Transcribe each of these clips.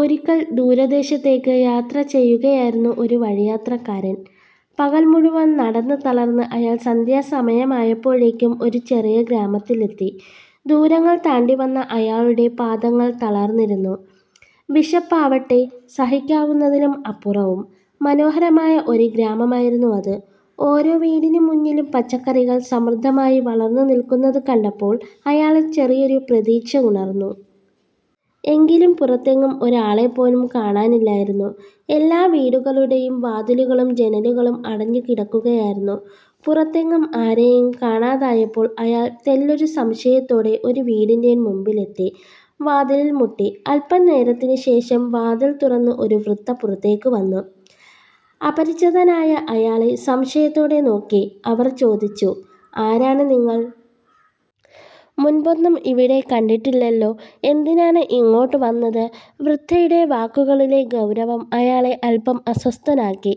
ഒരിക്കൽ, ദൂരദേശത്തേക്ക് യാത്ര ചെയ്യുകയായിരുന്നു ഒരു വഴിയാത്രക്കാരൻ. പകൽ മുഴുവൻ നടന്ന് തളർന്ന അയാൾ സന്ധ്യാസമയമായപ്പോഴേക്കും ഒരു ചെറിയ ഗ്രാമത്തിലെത്തി. ദൂരങ്ങൾ താണ്ടി വന്ന അയാളുടെ പാദങ്ങൾ തളർന്നിരുന്നു. വിശപ്പാവട്ടെ സഹിക്കാവുന്നതിലും അപ്പുറവും. മനോഹരമായ ഒരു ഗ്രാമമായിരുന്നു അത്. ഓരോ വീടിനു മുന്നിലും പച്ചക്കറികൾ സമൃദ്ധമായി വളർന്നു നിൽക്കുന്നത് കണ്ടപ്പോൾ അയാളിൽ ചെറിയൊരു പ്രതീക്ഷ ഉണർന്നു. എങ്കിലും, പുറത്തെങ്ങും ഒരാളെപ്പോലും കാണാനില്ലായിരുന്നു. എല്ലാ വീടുകളുടെയും വാതിലുകളും ജനലുകളും അടഞ്ഞുകിടക്കുകയായിരുന്നു. പുറത്തെങ്ങും ആരെയും കാണാതായപ്പോൾ അയാൾ തെല്ലൊരു സംശയത്തോടെ ഒരു വീടിന്റെ മുൻപിലെത്തി വാതിലിൽ മുട്ടി. അല്പനേരത്തിന് ശേഷം വാതിൽ തുറന്ന് ഒരു വൃദ്ധ പുറത്തേക്ക് വന്നു. അപരിചിതനായ അയാളെ സംശയത്തോടെ നോക്കി അവർ ചോദിച്ചു, "ആരാണ് നിങ്ങൾ? മുൻപൊന്നും ഇവിടെ കണ്ടിട്ടില്ലല്ലോ? എന്തിനാണ് ഇങ്ങോട്ട് വന്നത്? വൃദ്ധയുടെ വാക്കുകളിലെ ഗൗരവം അയാളെ അല്പം അസ്വസ്ഥനാക്കി.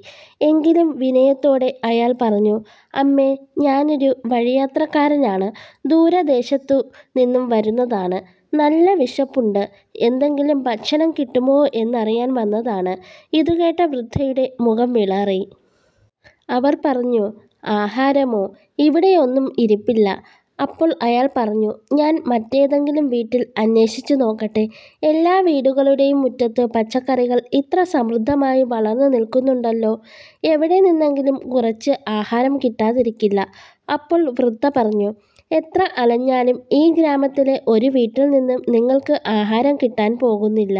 എങ്കിലും, വിനയത്തോടെ അയാൾ പറഞ്ഞു "അമ്മേ, ഞാനൊരു വഴിയാത്രക്കാരനാണ്. ദൂരദേശത്തു നിന്നും വരുന്നതാണ്. നല്ല വിശപ്പുണ്ട്, എന്തെങ്കിലും ഭക്ഷണം കിട്ടുമോ എന്നറിയാൻ വന്നതാണ്. " ഇതുകേട്ട വൃദ്ധയുടെ മുഖം വിളറി. അവർ പറഞ്ഞു "ആഹാരമോ, ഇവിടെ ഒന്നും ഇരിപ്പില്ല. " അപ്പോൾ അയാൾ പറഞ്ഞു "ഞാൻ മറ്റേതെങ്കിലും വീട്ടിൽ അന്വേഷിച്ചു നോക്കട്ടെ. എല്ലാ വീടുകളുടെയും മുറ്റത്ത് പച്ചക്കറികൾ ഇത്ര സമൃദ്ധമായി വളർന്നു നിൽക്കുന്നുണ്ടല്ലോ. എവിടെ നിന്നെങ്കിലും കുറച്ച് ആഹാരം കിട്ടാതിരിക്കില്ല. അപ്പോൾ വൃദ്ധ പറഞ്ഞു "എത്ര അലഞ്ഞാലും ഈ ഗ്രാമത്തിലെ ഒരു വീട്ടിൽ നിന്നും നിങ്ങൾക്ക് ആഹാരം കിട്ടാൻ പോകുന്നില്ല.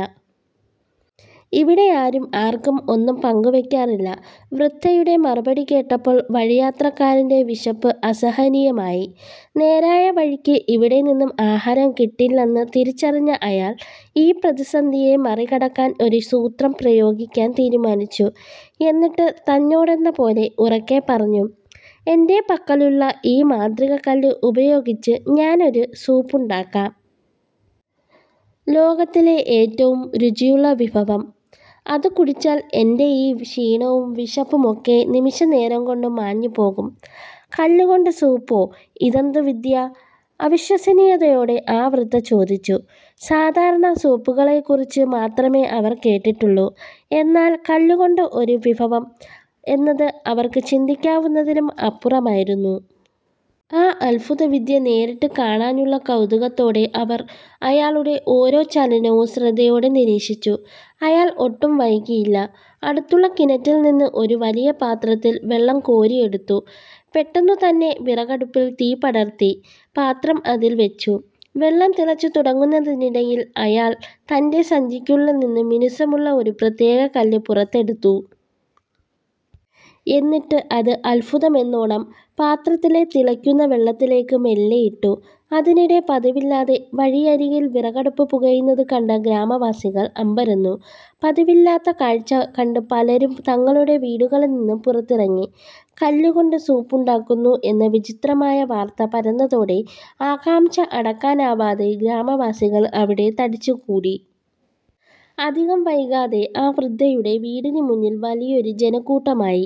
ഇവിടെ ആരും ആർക്കും ഒന്നും പങ്കുവെക്കാറില്ല. " വൃദ്ധയുടെ മറുപടി കേട്ടപ്പോൾ വഴിയാത്രക്കാരന്റെ വിശപ്പ് അസഹനീയമായി. നേരായ വഴിക്ക് ഇവിടെ നിന്നും ആഹാരം കിട്ടില്ലെന്ന് തിരിച്ചറിഞ്ഞ അയാൾ, ഈ പ്രതിസന്ധിയെ മറികടക്കാൻ ഒരു സൂത്രം പ്രയോഗിക്കാൻ തീരുമാനിച്ചു. എന്നിട്ട് തന്നോടെന്ന പോലെ ഉറക്കെ പറഞ്ഞു "എന്റെ പക്കലുള്ള ഈ മാന്ത്രികക്കല്ല് ഉപയോഗിച്ച് ഞാൻ ഒരു സൂപ്പുണ്ടാക്കാം. ലോകത്തിലെ ഏറ്റവും രുചിയുള്ള വിഭവം! അത് കുടിച്ചാൽ എന്റെ ഈ ക്ഷീണവും വിശപ്പും ഒക്കെ നിമിഷനേരം കൊണ്ട് മാഞ്ഞുപോകും. " "കല്ലുകൊണ്ട് സൂപ്പോ? ഇതെന്തൊരു വിദ്യ? " അവിശ്വസനീയതയോടെ ആ വൃദ്ധ ചോദിച്ചു. സാധാരണ സൂപ്പുകളെക്കുറിച്ച് മാത്രമേ അവർ കേട്ടിട്ടുള്ളൂ, എന്നാൽ കല്ലുകൊണ്ട് ഒരു വിഭവം എന്നത് അവർക്ക് ചിന്തിക്കാവുന്നതിലും അപ്പുറമായിരുന്നു. ആ അത്ഭുതവിദ്യ നേരിട്ട് കാണാനുള്ള കൗതുകത്തോടെ, അവർ അയാളുടെ ഓരോ ചലനവും ശ്രദ്ധയോടെ നിരീക്ഷിച്ചു. അയാൾ ഒട്ടും വൈകിയില്ല. അടുത്തുള്ള കിണറ്റിൽ നിന്ന് ഒരു വലിയ പാത്രത്തിൽ വെള്ളം കോരിയെടുത്തു. പെട്ടെന്നുതന്നെ വിറകടുപ്പിൽ തീ പടർത്തി പാത്രം അതിൽ വെച്ചു. വെള്ളം തിളച്ചു തുടങ്ങുന്നതിനിടയിൽ, അയാൾ തന്റെ സഞ്ചിക്കുള്ളിൽ നിന്ന് മിനുസമുള്ള ഒരു പ്രത്യേക കല്ല് പുറത്തെടുത്തു. എന്നിട്ട് അത് അത്ഭുതമെന്നോണം പാത്രത്തിലെ തിളയ്ക്കുന്ന വെള്ളത്തിലേക്ക് മെല്ലെ ഇട്ടു. അതിനിടെ, പതിവില്ലാതെ വഴിയരികിൽ വിറകടുപ്പ് പുകയുന്നത് കണ്ട ഗ്രാമവാസികൾ അമ്പരന്നു. പതിവില്ലാത്ത കാഴ്ച കണ്ട് പലരും തങ്ങളുടെ വീടുകളിൽ നിന്നും പുറത്തിറങ്ങി. കല്ലു കൊണ്ട് സൂപ്പുണ്ടാക്കുന്നു എന്ന വിചിത്രമായ വാർത്ത പരന്നതോടെ, ആകാംക്ഷ അടക്കാനാവാതെ ഗ്രാമവാസികൾ അവിടെ തടിച്ചുകൂടി. അധികം വൈകാതെ ആ വൃദ്ധയുടെ വീടിനു മുന്നിൽ വലിയൊരു ജനക്കൂട്ടമായി.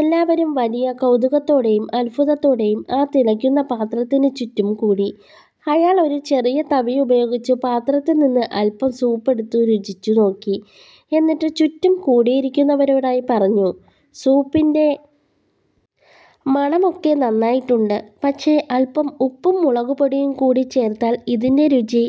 എല്ലാവരും വലിയ കൗതുകത്തോടെയും അത്ഭുതത്തോടെയും ആ തിളയ്ക്കുന്ന പാത്രത്തിന് ചുറ്റും കൂടി. അയാൾ ഒരു ചെറിയ തവി ഉപയോഗിച്ച് പാത്രത്തിൽ നിന്ന് അല്പം സൂപ്പെടുത്ത് രുചിച്ചു നോക്കി. എന്നിട്ട് ചുറ്റും കൂടിയിരുന്നവരോടായി പറഞ്ഞു "സൂപ്പിന്റെ മണം ഒക്കെ നന്നായിട്ടുണ്ട്, പക്ഷേ അല്പം ഉപ്പും മുളകുപൊടിയും കൂടി ചേർത്താൽ ഇതിന്റെ രുചി